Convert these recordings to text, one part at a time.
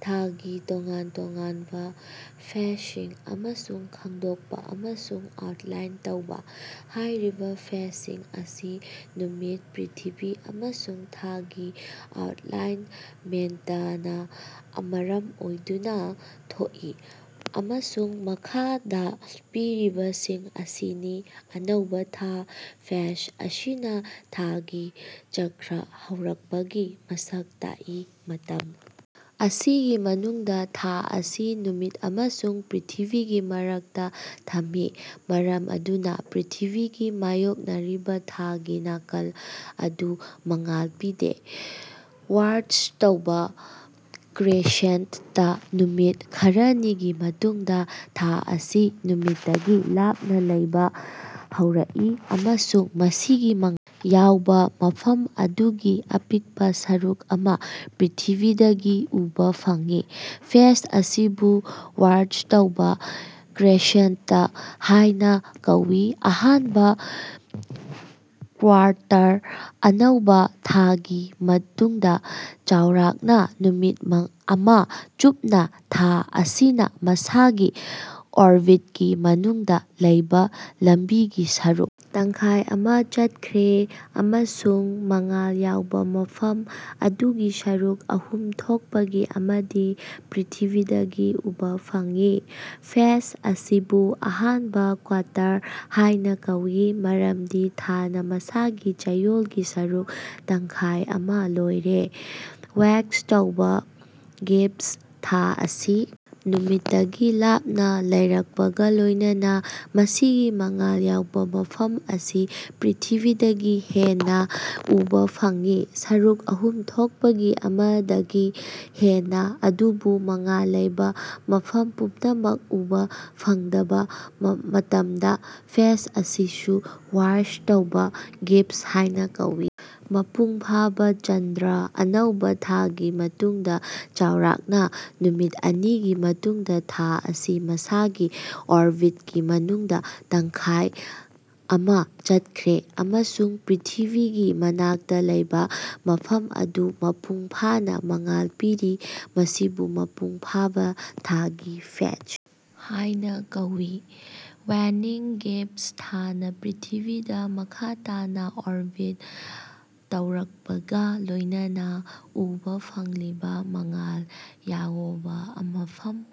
ꯊꯥꯒꯤ ꯇꯣꯉꯥꯟ-ꯇꯣꯉꯥꯟꯕꯥ ꯐꯦꯖꯁꯤꯡ ꯃꯁꯛ ꯈꯪꯗꯣꯛꯄꯥ ꯑꯃꯁꯨꯡ ꯑꯥꯎꯠꯂꯥꯏꯟ ꯇꯧꯕꯥ꯫ ꯍꯥꯏꯔꯤꯕꯥ ꯐꯦꯖꯁꯤꯡ ꯑꯁꯤ ꯅꯨꯃꯤꯠ ꯄ꯭ꯔ꯭ꯤꯊꯤꯕꯤ ꯑꯃꯁꯨꯡ ꯊꯥꯒꯤ ꯑꯦꯂꯥꯏꯟꯃꯦꯟꯇꯅꯥ ꯃꯔꯝ ꯑꯣꯏꯗꯨꯅꯥ ꯊꯣꯛꯏ꯫, ꯑꯃꯁꯨꯡ ꯃꯈꯥꯗꯥ ꯄꯤꯔꯤꯕꯁꯤꯡ ꯑꯁꯤꯅꯤ: ꯑꯅꯧꯕꯥ ꯊꯥ: ꯐꯦꯖ ꯑꯁꯤꯅꯥ ꯊꯥꯒꯤ ꯆꯛꯔ ꯍꯧꯔꯛꯄꯒꯤ ꯃꯁꯛ ꯇꯥꯛꯏ꯫ ꯃꯇꯝ ꯑꯁꯤꯒꯤ ꯃꯅꯨꯡꯗꯥ ꯊꯥ ꯑꯁꯤ ꯅꯨꯃꯤꯠ ꯑꯃꯁꯨꯡ ꯄ꯭ꯔ꯭ꯤꯊꯤꯕꯤꯒꯤ ꯃꯔꯛꯇꯥ ꯊꯝꯃꯤ꯫ ꯃꯔꯝ ꯑꯗꯨꯅꯥ ꯄ꯭ꯔ꯭ꯤꯊꯤꯕꯤꯒꯤ ꯃꯥꯌꯣꯛꯅꯔꯤꯕꯥ ꯊꯥꯒꯤ ꯅꯥꯀꯜ ꯑꯗꯨ ꯃꯉꯥꯜ ꯄꯤꯗꯦ꯫ ꯋꯥꯛꯁ ꯇꯧꯕꯥ ꯀ꯭ꯔꯦꯁꯦꯟꯇ: ꯅꯨꯃꯤꯠ ꯈꯔꯅꯤꯒꯤ ꯃꯇꯨꯡꯗꯥ ꯊꯥ ꯑꯁꯤ ꯅꯨꯃꯤꯠꯇꯒꯤ ꯂꯥꯞꯅꯥ ꯂꯩꯕꯥ ꯍꯧꯔꯛꯏ꯫ ꯑꯃꯁꯨꯡ ꯃꯁꯤꯒꯤ ꯃꯉꯥꯜ ꯌꯥꯎꯕꯥ ꯃꯐꯝ ꯑꯗꯨꯒꯤ ꯑꯄꯤꯛꯄꯥ ꯁꯔꯨꯛ ꯑꯃꯥ ꯄ꯭ꯔ꯭ꯤꯊꯤꯕꯤꯗꯒꯤ ꯎꯕꯥ ꯐꯪꯏ꯫ ꯐꯦꯖ ꯑꯁꯤꯕꯨ ꯋꯥꯛꯁ ꯇꯧꯕꯥ ꯀ꯭ꯔꯦꯁꯦꯟꯇ ꯍꯥꯏꯅꯥ ꯀꯧꯏ꯫ ꯑꯍꯥꯟꯕꯥ ꯀ꯭ꯋꯥꯔꯇꯔ: ꯑꯅꯧꯕꯥ ꯊꯥꯒꯤ ꯃꯇꯨꯡꯗꯥ ꯆꯥꯎꯔꯥꯛꯅꯥ ꯅꯨꯃꯤꯠ ꯑꯃꯥ ꯆꯨꯞꯅꯥ ꯊꯥ ꯑꯁꯤꯅꯥ ꯃꯁꯥꯒꯤ ꯑꯣꯔꯕꯤꯠꯀꯤ ꯃꯅꯨꯡꯗꯥ ꯂꯩꯕꯥ ꯂꯝꯕꯤꯒꯤ ꯁꯔꯨꯛ ꯇꯪꯈꯥꯌ ꯑꯃꯥ ꯆꯠꯈ꯭ꯔꯦ꯫ꯑꯃꯁꯨꯡ ꯃꯉꯥꯜ ꯌꯥꯎꯕꯥ ꯃꯐꯝ ꯑꯗꯨꯒꯤ ꯁꯔꯨꯛ ꯑꯍꯨꯝ ꯊꯣꯛꯄꯒꯤ ꯑꯃꯗꯤ ꯄ꯭ꯔ꯭ꯤꯊꯤꯕꯤꯗꯒꯤ ꯎꯕꯥ ꯐꯪꯏ꯫ ꯐꯦꯖ ꯑꯁꯤꯕꯨ ꯑꯍꯥꯟꯕꯥ ꯀ꯭ꯋꯥꯔꯇꯔ ꯍꯥꯏꯅꯥ ꯀꯧꯏ꯫ ꯃꯔꯝꯗꯤ ꯊꯥꯅꯥ ꯃꯁꯥꯒꯤ ꯆꯌꯣꯜꯒꯤ ꯁꯔꯨꯛ ꯇꯪꯈꯥꯏ ꯑꯃꯥ ꯂꯣꯏꯔꯦ꯫ ꯋꯥꯛꯁ ꯇꯧꯕꯥ ꯒꯤꯕꯁ: ꯊꯥ ꯑꯁꯤ ꯅꯨꯃꯤꯠꯇꯒꯤ ꯂꯥꯞꯅꯥ ꯂꯩꯔꯛꯄꯒꯥ ꯂꯣꯏꯅꯅꯥ ꯃꯁꯤꯒꯤ ꯃꯉꯥꯜ ꯌꯥꯎꯕꯥ ꯃꯐꯝ ꯑꯁꯤ ꯄ꯭ꯔ꯭ꯤꯊꯤꯕꯤꯗꯒꯤ ꯍꯦꯟꯅꯥ ꯎꯕꯥ ꯐꯪꯏ꯫ ꯁꯔꯨꯛ ꯑꯍꯨꯝ ꯊꯣꯛꯄꯒꯤ ꯑꯃꯗꯒꯤ ꯍꯦꯟꯅꯥ ꯑꯗꯨꯕꯨ ꯃꯉꯥꯜ ꯂꯩꯕꯥ ꯃꯐꯝ ꯄꯨꯝꯅꯃꯛ ꯎꯕꯥ ꯐꯪꯗꯕꯥ ꯃꯇꯝꯗꯥ ꯐꯦꯖ ꯑꯁꯤꯕꯨ ꯋꯥꯛꯁ ꯇꯧꯕꯥ ꯒꯤꯕꯁ ꯍꯥꯏꯅꯥ ꯀꯧꯏ꯫ ꯃꯄꯨꯡ ꯐꯥꯕꯥ ꯆꯟꯗ꯭ꯔ: ꯑꯅꯧꯕꯥ ꯊꯥꯒꯤ ꯃꯇꯨꯡꯗꯥ ꯆꯥꯎꯔꯥꯛꯅꯥ ꯅꯨꯃꯤꯠ ꯑꯅꯤꯒꯤ ꯃꯇꯨꯡꯗꯥ ꯊꯥ ꯑꯁꯤ ꯃꯁꯥꯒꯤ ꯑꯣꯔꯕꯤꯠꯀꯤ ꯃꯅꯨꯡꯗꯥ ꯇꯪꯈꯥꯏ ꯑꯃꯥ ꯆꯠꯈ꯭ꯔꯦ ꯑꯃꯁꯨꯡ ꯄ꯭ꯔ꯭ꯤꯊꯤꯕꯤꯒꯤ ꯃꯅꯥꯛꯇꯥ ꯂꯩꯕꯥ ꯃꯐꯝ ꯑꯗꯨ ꯃꯄꯨꯡ ꯐꯥꯅꯥ ꯃꯉꯥꯜ ꯄꯤꯔꯦ꯫ ꯃꯁꯤꯕꯨ ꯃꯄꯨꯡ ꯐꯥꯕꯥ ꯊꯥꯒꯤ ꯐꯦꯖ ꯍꯥꯏꯅꯥ ꯀꯧꯏ꯫ ꯋꯥꯅꯤꯡ ꯒꯤꯕꯁ: ꯊꯥꯅꯥ ꯄ꯭ꯔ꯭ꯤꯊꯤꯕꯤꯗꯥ ꯃꯈꯥ ꯇꯥꯅꯥ ꯑꯣꯔꯕꯤꯠ ꯇꯧꯔꯀꯄꯒꯥ ꯂꯣꯏꯅꯅꯥ ꯎꯕꯥ ꯐꯪꯂꯤꯕꯥ ꯃꯉꯥꯜ ꯌꯥꯑꯣꯕꯥ ꯃꯐꯝ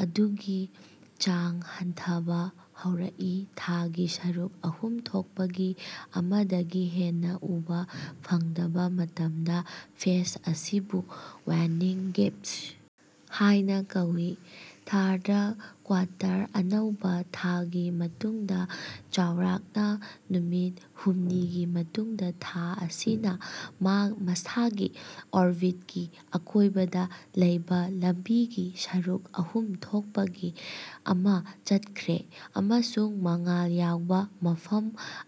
ꯑꯗꯨꯒꯤ ꯆꯥꯡ ꯍꯟꯊꯕꯥ ꯍꯧꯔꯛꯏ꯫ ꯊꯥꯒꯤ ꯁꯔꯨꯛ ꯑꯍꯨꯝ ꯊꯣꯛꯄꯒꯤ ꯑꯃꯗꯒꯤ ꯍꯦꯟꯅꯥ ꯎꯕꯥ ꯐꯪꯗꯕꯥ ꯃꯇꯝꯗꯥ ꯐꯦꯖ ꯑꯁꯤꯕꯨ ꯋꯥꯅꯤꯡ ꯒꯤꯕꯁ ꯍꯥꯏꯅꯥ ꯀꯧꯏ꯫ ꯊꯥꯔꯗ ꯀ꯭ꯋꯥꯔꯇꯔ: ꯑꯅꯧꯕꯥ ꯊꯥꯒꯤ ꯃꯇꯨꯡꯗꯥ ꯆꯥꯎꯔꯥꯛꯅꯥ ꯅꯨꯃꯤꯠ ꯍꯨꯝꯅꯤꯒꯤ ꯃꯇꯨꯡꯗꯥ ꯊꯥ ꯑꯁꯤꯅꯥ ꯃꯁꯥꯒꯤ ꯑꯣꯔꯕꯤꯠꯀꯤ ꯑꯀꯣꯏꯕꯗꯥ ꯂꯩꯕꯥ ꯂꯝꯕꯤꯒꯤ ꯁꯔꯨꯛ ꯑꯍꯨꯝ ꯊꯣꯛꯄꯒꯤ ꯑꯃꯥ ꯆꯠꯈ꯭ꯔꯦ꯫ꯑꯃꯁꯨꯡ ꯃꯉꯥꯜ ꯌꯥꯎꯕꯥ ꯃꯐꯝ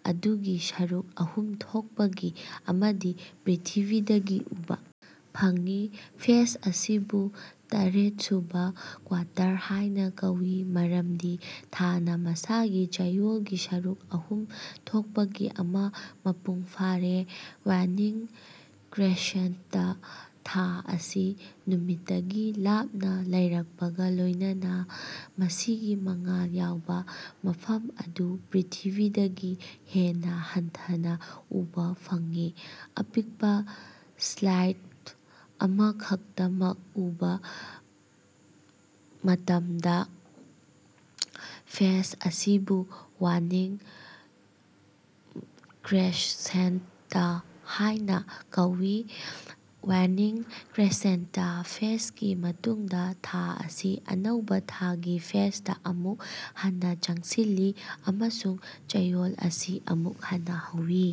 ꯑꯗꯨꯒꯤ ꯁꯔꯨꯛ ꯑꯍꯨꯝ ꯊꯣꯛꯄꯒꯤ ꯑꯃꯗꯤ ꯄ꯭ꯔ꯭ꯤꯊꯤꯕꯤꯗꯒꯤ ꯎꯕꯥ ꯐꯪꯏ꯫ ꯐꯦꯖ ꯑꯁꯤꯕꯨ ꯇꯔꯦꯠꯁꯨꯕꯥ ꯀ꯭ꯋꯥꯔꯇꯔ ꯍꯥꯏꯅꯥ ꯀꯧꯏ ꯃꯔꯝꯗꯤ ꯊꯥꯅꯥ ꯃꯁꯥꯒꯤ ꯆꯌꯣꯜꯒꯤ ꯁꯔꯨꯛ ꯑꯍꯨꯝ ꯊꯣꯛꯄꯒꯤ ꯑꯃꯥ ꯃꯄꯨꯡ ꯐꯥꯔꯦ꯫ ꯋꯥꯅꯤꯡ ꯀ꯭ꯔꯦꯁꯦꯟꯇ: ꯊꯥ ꯑꯁꯤ ꯅꯨꯃꯤꯠꯇꯒꯤ ꯂꯥꯞꯅꯥ ꯂꯩꯔꯛꯄꯒꯥ ꯂꯣꯏꯅꯅꯥ ꯃꯁꯤꯒꯤ ꯃꯉꯥꯜ ꯌꯥꯎꯕꯥ ꯃꯐꯝ ꯑꯗꯨ ꯄ꯭ꯔ꯭ꯤꯊꯤꯕꯤꯗꯒꯤ ꯍꯦꯟꯅꯥ ꯍꯟꯊꯅꯥ ꯎꯕꯥ ꯐꯪꯏ꯫ ꯑꯄꯤꯛꯄꯥ ꯁ꯭ꯂꯥꯏꯚꯔ ꯑꯃꯈꯛꯇꯃꯛ ꯎꯕꯥ ꯃꯇꯃꯗꯥ, ꯐꯦꯖ ꯑꯁꯤꯕꯨ ꯋꯥꯅꯤꯡ ꯀ꯭ꯔꯦꯁꯦꯟꯇ ꯍꯥꯌꯅꯥ ꯀꯧꯏ꯫ ꯋꯥꯅꯤꯡ ꯀ꯭ꯔꯦꯁꯦꯟꯇ ꯐꯦꯖꯒꯤ ꯃꯇꯨꯡꯗꯥ ꯊꯥ ꯑꯁꯤ ꯑꯅꯧꯕꯥ ꯊꯥꯒꯤ ꯐꯦꯖꯗꯥ ꯑꯃꯨꯛ ꯍꯟꯅꯥ ꯆꯪꯁꯤꯜꯂꯤ, ꯑꯃꯁꯨꯡ ꯆꯌꯣꯜ ꯑꯁꯤ ꯑꯃꯨꯛ ꯍꯟꯅꯥ ꯍꯧꯏ꯫।